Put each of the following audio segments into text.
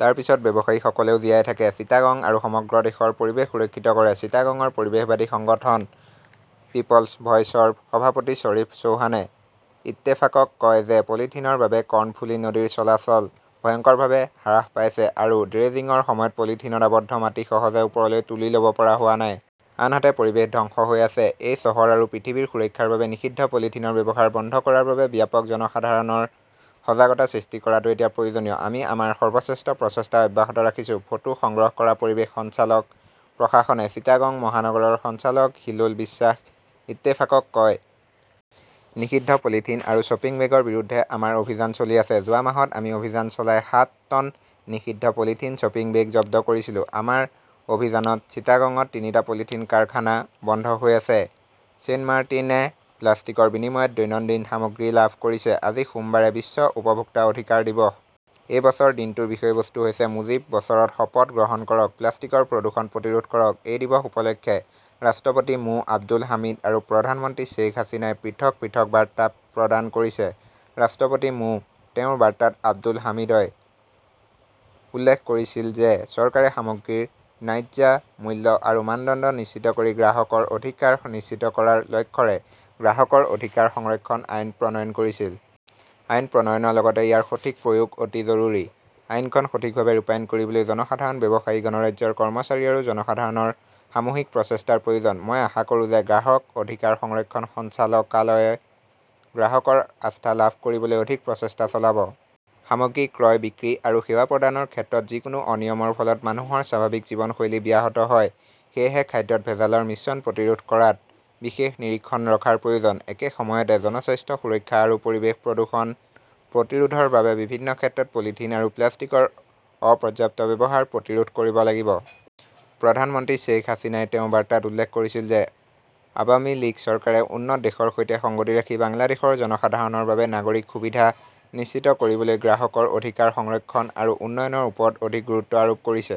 তাৰ পিছত ব্যৱসায়ীসকলেও জীয়াই থাকে, চিটাগং আৰু সমগ্ৰ দেশৰ পৰিৱেশ সুৰক্ষিত কৰে। চিটাগংৰ পৰিৱেশবাদী সংগঠন পিপলছ ভইচৰ সভাপতি শ্বৰীফ চৌহানে ইত্তেফাকক কয় যে, পলিথিনৰ বাবে কৰ্ণফুলি নদীৰ চলাচল ভয়ংকৰভাৱে হ্ৰাস পাইছে, আৰু ড্ৰেজিংৰ সময়ত পলিথিনত আবদ্ধ মাটি সহজে ওপৰলৈ তুলি ল'ব পৰা হোৱা নাই। আনহাতে, পৰিৱেশ ধ্বংস হৈ আছে। এই চহৰ আৰু পৃথিৱীৰ সুৰক্ষাৰ বাবে নিষিদ্ধ পলিথিনৰ ব্যৱহাৰ বন্ধ কৰাৰ বাবে ব্যাপক জনসাধাৰণৰ সজাগতা সৃষ্টি কৰাটো এতিয়া প্ৰয়োজনীয়। আমি আমাৰ সৰ্বশ্ৰেষ্ঠ প্ৰচেষ্টা অব্যাহত ৰাখিছো, ফটো সংগ্ৰহ কৰা পৰিৱেশ সঞ্চালক প্ৰশাসনে চিটাগং মহানগৰৰ সঞ্চালক হিলোল বিশ্বাস ইত্তেফাকক কয়। নিষিদ্ধ পলিথিন আৰু শ্বপিং বেগৰ বিৰুদ্ধে আমাৰ অভিযান চলি আছে। যোৱা মাহত আমি অভিযান চলাই সাত টন নিষিদ্ধ পলিথিন, শ্বপিং বেগ জব্দ কৰিছিলো। আমাৰ অভিযানত চিটাগঙত তিনিটা পলিথিন কাৰখানা বন্ধ হৈ আছে। ছেইণ্টমাৰ্টিনে প্লাষ্টিকৰ বিনিময়ত দৈনন্দিন সামগ্ৰী লাভ কৰিছে আজি সোমবাৰে বিশ্ব উপভোক্তা অধিকাৰ দিৱস। এই বছৰ দিনটোৰ বিষয়বস্তু হৈছে, 'মুজীব বছৰত শপত গ্ৰহণ কৰক, প্লাষ্টিকৰ প্ৰদূষণ প্ৰতিৰোধ কৰক'। এই দিৱস উপলক্ষে ৰাষ্ট্ৰপতি মো. আব্দুল হামিদ আৰু প্ৰধানমন্ত্ৰী শ্বেইখ হাছিনাই পৃথক পৃথক বাৰ্তা প্ৰদান কৰিছে। ৰাষ্ট্ৰপতি মো. তেওঁৰ বাৰ্তাত আব্দুল হামিদই উল্লেখ কৰিছিল যে, চৰকাৰে সামগ্ৰীৰ ন্যায্য মূল্য আৰু মানদণ্ড নিশ্চিত কৰি গ্ৰাহকৰ অধিকাৰ নিশ্চিত কৰাৰ লক্ষ্যৰে 'গ্ৰাহকৰ অধিকাৰ সংৰক্ষণ আইন'প্ৰণয়ন কৰিছিল। আইন প্ৰণয়নৰ লগতে ইয়াৰ সঠিক প্ৰয়োগ অতি জৰুৰী। আইনখন সঠিকভাৱে ৰূপায়ণ কৰিবলৈ জনসাধাৰণ, ব্যৱসায়ী, গণৰাজ্যৰ কৰ্মচাৰী আৰু জনসাধাৰণৰ সামূহিক প্ৰচেষ্টাৰ প্ৰয়োজন। মই আশা কৰোঁ যে, গ্ৰাহক অধিকাৰ সংৰক্ষণ সঞ্চালকালয়ই গ্ৰাহকৰ আস্থা লাভ কৰিবলৈ অধিক প্ৰচেষ্টা চলাব। সামগ্ৰী ক্ৰয় বিক্ৰী আৰু সেৱা প্ৰদানৰ ক্ষেত্ৰত যিকোনো অনিয়মৰ ফলত মানুহৰ স্বাভাৱিক জীৱনশৈলী ব্যাহত হয়। সেয়েহে খাদ্যত ভেজালৰ মিশ্ৰণ প্ৰতিৰোধ কৰাত বিশেষ নিৰীক্ষণ ৰখাৰ প্ৰয়োজন। একে সময়তে, জনস্বাস্থ্য সুৰক্ষা আৰু পৰিৱেশ প্ৰদূষণ প্ৰতিৰোধৰ বাবে বিভিন্ন ক্ষেত্ৰত পলিথিন আৰু প্লাষ্টিকৰ অপৰ্যাপ্ত ব্যৱহাৰ প্ৰতিৰোধ কৰিব লাগিব। প্ৰধানমন্ত্ৰী শ্বেইখ হাছিনাই তেওঁৰ বাৰ্তাত উল্লেখ কৰিছিল যে আৱামী লীগ চৰকাৰে উন্নত দেশৰ সৈতে সংগতি ৰাখি বাংলাদেশৰ জনসাধাৰণৰ বাবে নাগৰিক সুবিধা নিশ্চিত কৰিবলৈ গ্ৰাহকৰ অধিকাৰ সংৰক্ষণ আৰু উন্নয়নৰ ওপৰত অধিক গুৰুত্ব আৰোপ কৰিছে।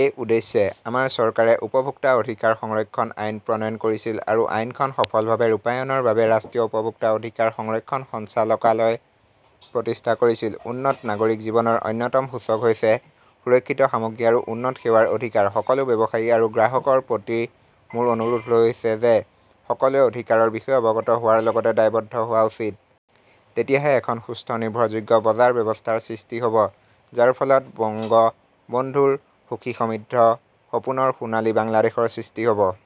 এই উদ্দেশ্যে, আমাৰ চৰকাৰে 'উপভোক্তা-অধিকাৰ সংৰক্ষণ আইন' প্ৰণয়ন কৰিছিল আৰু আইনখন সফলভাৱে ৰূপায়ণৰ বাবে ৰাষ্ট্ৰীয় উপভোক্তা অধিকাৰ সংৰক্ষণ সঞ্চালকালয় প্ৰতিষ্ঠা কৰিছিল। উন্নত নাগৰিক জীৱনৰ অন্যতম সূচক হৈছে, সুৰক্ষিত সামগ্ৰী আৰু উন্নত সেৱাৰ অধিকাৰ। সকলো ব্যৱসায়ী আৰু গ্ৰাহকৰ প্ৰতি মোৰ অনুৰোধ হৈছে যে, সকলোৱে অধিকাৰৰ বিষয়ে অৱগত হোৱাৰ লগতে দায়বদ্ধ হোৱা উচিত। তেতিয়াহে এখন সুস্থ, নিৰ্ভৰযোগ্য বজাৰ ব্যৱস্থাৰ সৃষ্টি হ'ব যাৰ ফলত বংগবন্ধুৰ সুখী সমৃদ্ধ সপোনৰ সোণালী বাংলাদেশৰ সৃষ্টি হ'ব।